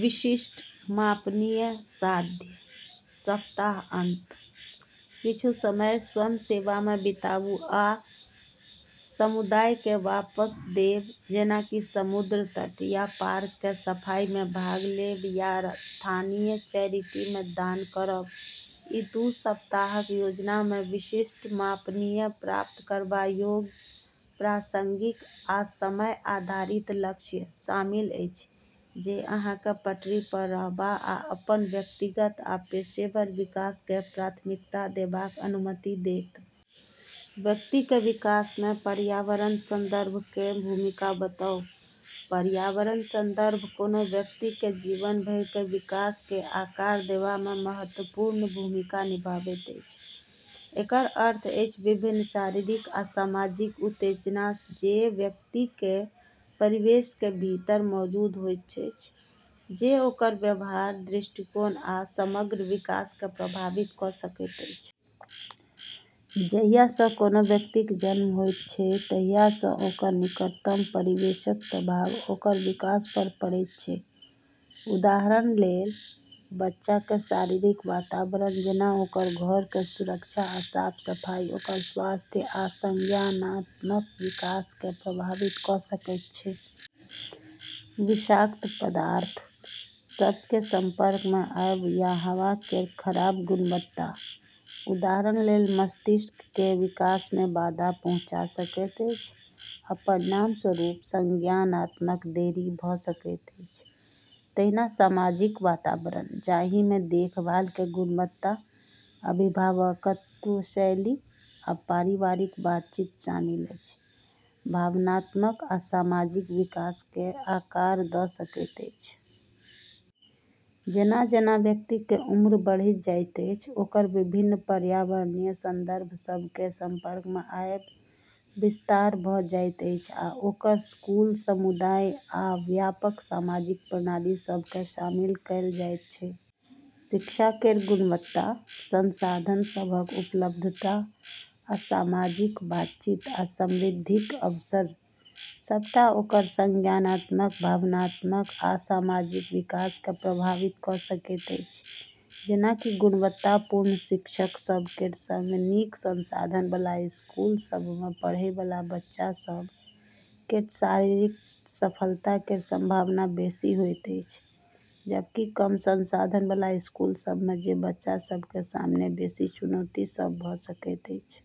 (विशिष्ट, मापनीय, साध्य) सप्ताहांत: किछु समय स्वयंसेवा मे बिताबू या समुदाय केँ वापस देब, जेना कि समुद्र तट या पार्क केर सफाई मे भाग लेब या स्थानीय चैरिटी मे दान करब। ई दू सप्ताहक योजना मे विशिष्ट, मापनीय, प्राप्त करबा योग्य, प्रासंगिक, आ समय आधारित लक्ष्य शामिल अछि, जे अहाँ केँ पटरी पर रहबा आ अपन व्यक्तिगत आ पेशेवर विकास केँ प्राथमिकता देबाक अनुमति देत। व्यक्ति केर विकास मे पर्यावरण संदर्भ केर भूमिका बताऊ। पर्यावरण संदर्भ कोनो व्यक्ति केर जीवन भरि केर विकास केँ आकार देबा मे महत्वपूर्ण भूमिका निभावैत अछि। एकर अर्थ अछि विभिन्न शारीरिक आ सामाजिक उत्तेजना जे व्यक्ति केर परिवेश केर भीतर मौजूद होइत अछि, जे ओकर व्यवहार, दृष्टिकोण आ समग्र विकास केँ प्रभावित कऽ सकैत अछि। जहिया सँ कोनो व्यक्तिक जन्म होइत छैक तहिया सँ ओकर निकटतम परिवेशक प्रभाव ओकर विकास पर पड़ैत छैक। उदाहरण लेल, बच्चा केर शारीरिक वातावरण, जेना ओकर घर केर सुरक्षा आ साफ-सफाई, ओकर स्वास्थ्य आ संज्ञानात्मक विकास केँ प्रभावित कऽ सकैत अछि। विषाक्त पदार्थ सभ केर संपर्क मे आयब या हवा केर खराब गुणवत्ता, उदाहरण लेल, मस्तिष्क केर विकास मे बाधा पहुँचा सकैत अछि आ परिणामस्वरूप संज्ञानात्मक देरी भऽ सकैत अछि। तहिना सामाजिक वातावरण, जाहि मे देखभाल केर गुणवत्ता, अभिभावकत्व शैली, आ पारिवारिक बातचीत शामिल अछि, भावनात्मक आ सामाजिक विकास केँ आकार द' सकैत अछि। जेना-जेना व्यक्ति केर उम्र बढ़ैत जाइत अछि, ओकर विभिन्न पर्यावरणीय संदर्भ सभ केर संपर्क मे आयब विस्तार भऽ जाइत अछि आ ओकर स्कूल, समुदाय आ व्यापक सामाजिक प्रणाली सभ केँ शामिल कएल जाइत अछि। शिक्षा केर गुणवत्ता, संसाधन सभक उपलब्धता, आ सामाजिक बातचीत आ समृद्धिक अवसर सभटा ओकर संज्ञानात्मक, भावनात्मक, आ सामाजिक विकास केँ प्रभावित कऽ सकैत अछि। जेना कि गुणवत्तापूर्ण शिक्षक सभ केर सँग नीक संसाधन बला स्कूल सभ मे पढ़ै बला बच्चा सभ केर शैक्षणिक सफलता केर संभावना बेसी होइत अछि, जबकि कम संसाधन बला स्कूल सभ मे जे बच्चा सभ केर सामने बेसी चुनौती सभ भऽ सकैत अछि।